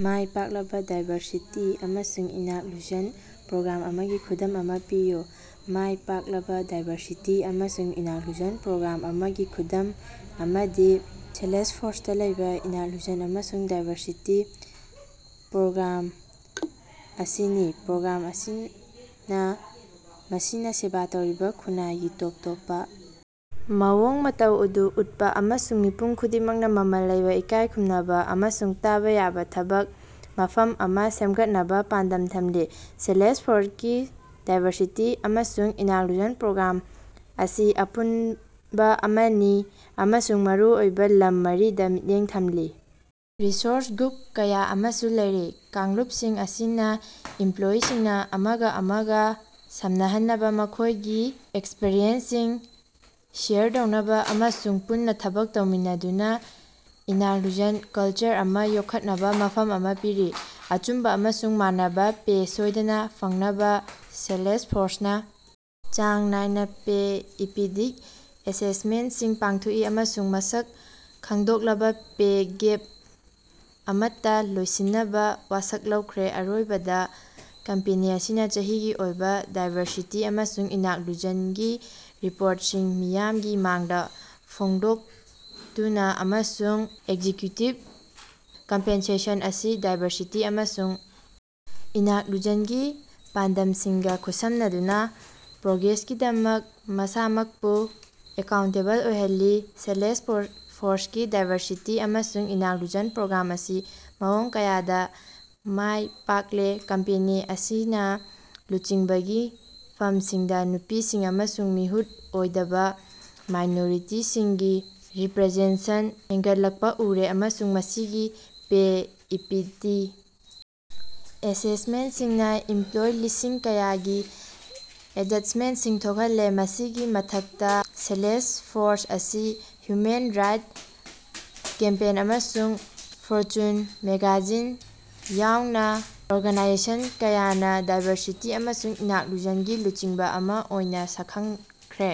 ꯃꯥꯏ ꯄꯥꯛꯂꯕ ꯗꯥꯏꯕꯔꯁꯤꯇꯤ ꯑꯃꯁꯨꯡ inclusion program ꯑꯃꯒꯤ ꯈꯨꯗꯝ ꯑꯃ ꯄꯤꯌꯨ꯫ ꯃꯥꯏ ꯄꯥꯛꯂꯕ ꯗꯥꯏꯕꯔꯁꯤꯇꯤ ꯑꯃꯁꯨꯡ ꯏꯅꯛꯂꯨꯖꯟ ꯄ꯭ꯔꯣꯒ꯭ꯔꯥꯝ ꯑꯃꯒꯤ ꯈꯨꯗꯝ ꯑꯃꯗꯤ ꯁꯦꯂꯁꯐꯣꯔꯁꯇꯥ ꯂꯩꯕ "ꯏꯅꯛꯂꯨꯖꯟ ꯑꯃꯁꯨꯡ ꯗꯥꯏꯕꯔꯁꯤꯇꯤ ꯄ꯭ꯔꯣꯒ꯭ꯔꯥꯝ"ꯑꯁꯤꯅꯤ꯫ ꯄ꯭ꯔꯣꯒ꯭ꯔꯥꯝ ꯑꯁꯤꯅ ꯃꯁꯤꯅ ꯁꯦꯕ ꯇꯧꯔꯤꯕ ꯈꯨꯟꯅꯥꯏꯁꯤꯡꯒꯤ ꯇꯣꯞ ꯇꯣꯞꯄ ꯃꯑꯣꯡ ꯃꯇꯧ ꯑꯗꯨ ꯎꯠꯄ ꯑꯃꯁꯨꯡ ꯃꯤꯄꯨꯝ ꯈꯨꯗꯤꯡꯃꯛꯅ ꯃꯃꯜ ꯂꯩꯕ ꯏꯀꯥꯏꯈꯨꯝꯅꯕ ꯑꯃꯁꯨꯡ ꯇꯥꯕ ꯌꯥꯕ ꯊꯕꯛ ꯃꯐꯝ ꯑꯃꯥ ꯁꯦꯝꯒꯠꯅꯕ ꯄꯥꯟꯗꯝ ꯊꯝꯂꯤ꯫ ꯁꯦꯂꯁꯐꯣꯔꯁꯀꯤ ꯗꯥꯏꯕꯔꯁꯤꯇꯤ ꯑꯃꯁꯨꯡ ꯏꯅꯛꯂꯨꯖꯟ ꯄ꯭ꯔꯣꯒ꯭ꯔꯥꯝ ꯑꯁꯤ ꯑꯄꯨꯟꯕ ꯑꯃꯅꯤ ꯑꯃꯁꯨꯡ ꯃꯔꯨꯑꯣꯏꯕ ꯂꯝ ꯃꯔꯤꯗ ꯃꯤꯠꯌꯦꯡ ꯊꯝꯂꯤ: ꯔꯤꯁꯣꯔꯁ ꯒ꯭ꯔꯨꯞ ꯀꯌꯥ ꯑꯃꯁꯨ ꯂꯩꯔꯤ꯫ ꯀꯥꯡꯂꯨꯄꯁꯤꯡ ꯑꯁꯤꯅꯥ ꯏꯃꯞꯂꯣꯌꯤꯁꯤꯡꯅ ꯑꯃꯒ ꯑꯃꯒ ꯁꯝꯅꯍꯟꯅꯕꯥ, ꯃꯈꯣꯏꯒꯤ ꯑꯦꯛꯁꯄꯔꯤꯌꯦꯟꯁꯁꯤꯡ ꯁꯦꯌꯔ ꯇꯧꯅꯕ ꯑꯃꯁꯨꯡ ꯄꯨꯟꯅ ꯊꯕꯛ ꯇꯧꯃꯤꯟꯅꯗꯨꯅ ꯏꯅꯛꯂꯨꯁꯟ ꯀꯂꯆꯔ ꯑꯃꯥ ꯌꯣꯛꯈꯠꯅꯕ ꯃꯐꯝ ꯑꯃ ꯄꯤꯔꯤ꯫ ꯑꯆꯨꯝꯕ ꯑꯃꯁꯨꯡ ꯃꯥꯟꯅꯕꯥ ꯄꯦ ꯁꯣꯏꯗꯅ ꯐꯪꯍꯟꯅꯕ ꯁꯦꯜꯁꯐꯣꯔꯁꯅꯥ ꯆꯥꯡ ꯅꯥꯏꯅ ꯄꯦ ꯏꯄꯤꯗꯤꯛ ꯑꯦꯁꯦꯁꯃꯦꯟꯇꯁꯤꯡ ꯄꯥꯡꯊꯣꯛꯏ꯫ ꯑꯃꯁꯨꯡ ꯃꯁꯛ ꯈꯪꯗꯣꯛꯂꯕ ꯄꯦ ꯒꯦꯞ ꯑꯃꯠꯇ ꯂꯣꯏꯁꯤꯟꯅꯕ ꯋꯥꯁꯛ ꯂꯧꯈ꯭ꯔꯦ꯫ ꯑꯔꯣꯏꯕꯗ ꯀꯝꯄꯦꯅꯤ ꯑꯁꯤꯅ ꯆꯍꯤꯒꯤ ꯑꯣꯏꯕ ꯗꯥꯏꯕꯔꯁꯤꯇꯤ ꯑꯃꯁꯨꯡ ꯏꯅꯛꯂꯨꯖꯟꯒꯤ ꯔꯤꯄꯣꯔꯇꯁꯤꯡ ꯃꯤꯌꯥꯝꯒꯤ ꯃꯥꯡꯗ ꯐꯣꯡꯗꯨꯛꯇꯨꯅ ꯑꯃꯁꯨꯡ ꯑꯦꯀꯖꯤꯛꯌꯨꯇꯤꯕ ꯀꯝꯄꯦꯟꯁꯦꯁꯟ ꯑꯁꯤ ꯗꯥꯏꯕꯔꯁꯤꯇꯤ ꯑꯃꯁꯨꯡ ꯏꯅꯛꯂꯨꯖꯟꯒꯤ ꯄꯥꯟꯗꯝꯁꯤꯡꯒ ꯁꯝꯅꯍꯟꯗꯨꯅ ꯄ꯭ꯔꯣꯒ꯭ꯔꯦꯁꯀꯤꯗꯃꯛꯇ ꯃꯁꯥꯃꯛꯄꯨ ꯑꯦꯀꯥꯎꯟꯇꯦꯕꯜ ꯑꯣꯏꯍꯜꯂꯤ꯫ ꯁꯦꯂꯁꯐꯣꯔꯁꯀꯤ ꯗꯥꯏꯕꯔꯁꯤꯇꯤ ꯑꯃꯁꯨꯡ ꯏꯅꯛꯂꯨꯖꯟ ꯄ꯭ꯔꯣꯒ꯭ꯔꯥꯝ ꯑꯁꯤ ꯃꯑꯣꯡ ꯀꯌꯥꯗꯥ ꯃꯥꯌ ꯄꯥꯛꯂꯦ꯫ ꯀꯝꯄꯦꯅꯤ ꯑꯁꯤꯅ ꯂꯨꯆꯤꯡꯕꯒꯤ ꯐꯝꯁꯤꯡꯗ ꯅꯨꯄꯤꯁꯤꯡ ꯑꯃꯁꯨꯡ ꯃꯤꯍꯨꯠ ꯑꯣꯏꯗꯕ ꯃꯥꯏꯅꯣꯔꯤꯇꯤꯁꯤꯡꯒꯤ ꯔꯤꯞꯔꯖꯦꯟꯁꯟ ꯍꯦꯅꯒꯠꯂꯛꯄꯥ ꯎꯔꯦ꯫ ꯑꯃꯁꯨꯡ ꯃꯁꯤꯒꯤ ꯄꯦ ꯏꯛꯕꯤꯇꯤ ꯑꯦꯁꯦꯁꯃꯦꯟꯇꯁꯤꯡꯅ ꯑꯦꯃꯞꯂꯣꯏ ꯂꯤꯁꯤꯡ ꯀꯌꯥꯒꯤ ꯑꯦꯗꯖꯁ꯭ꯇꯃꯦꯟꯇꯁꯤꯡ ꯊꯣꯛꯍꯜꯂꯦ꯫ ꯃꯁꯤꯒꯤ ꯃꯊꯛꯇꯥ, ꯁꯦꯂꯁꯐꯣꯔꯁ ꯑꯁꯤ ꯍ꯭ꯌꯨꯃꯦꯟ ꯔꯥꯏꯠꯁ ꯀꯦꯝꯄꯦꯟ ꯑꯃꯁꯨꯡ ꯐꯣꯔꯆꯨꯟ ꯃꯦꯒꯥꯖꯤꯟ ꯌꯥꯎꯅꯥ ꯑꯣꯔꯒꯅꯥꯏꯖꯦꯁꯟ ꯀꯌꯥꯅꯥ ꯗꯥꯏꯕꯔꯁꯤꯇꯤ ꯑꯃꯁꯨꯡ ꯏꯅꯛꯂꯨꯖꯅꯒꯤ ꯂꯨꯆꯤꯡꯕꯥ ꯑꯃꯥ ꯑꯣꯏꯅꯥ ꯁꯛꯈꯪꯈ꯭ꯔꯦ꯫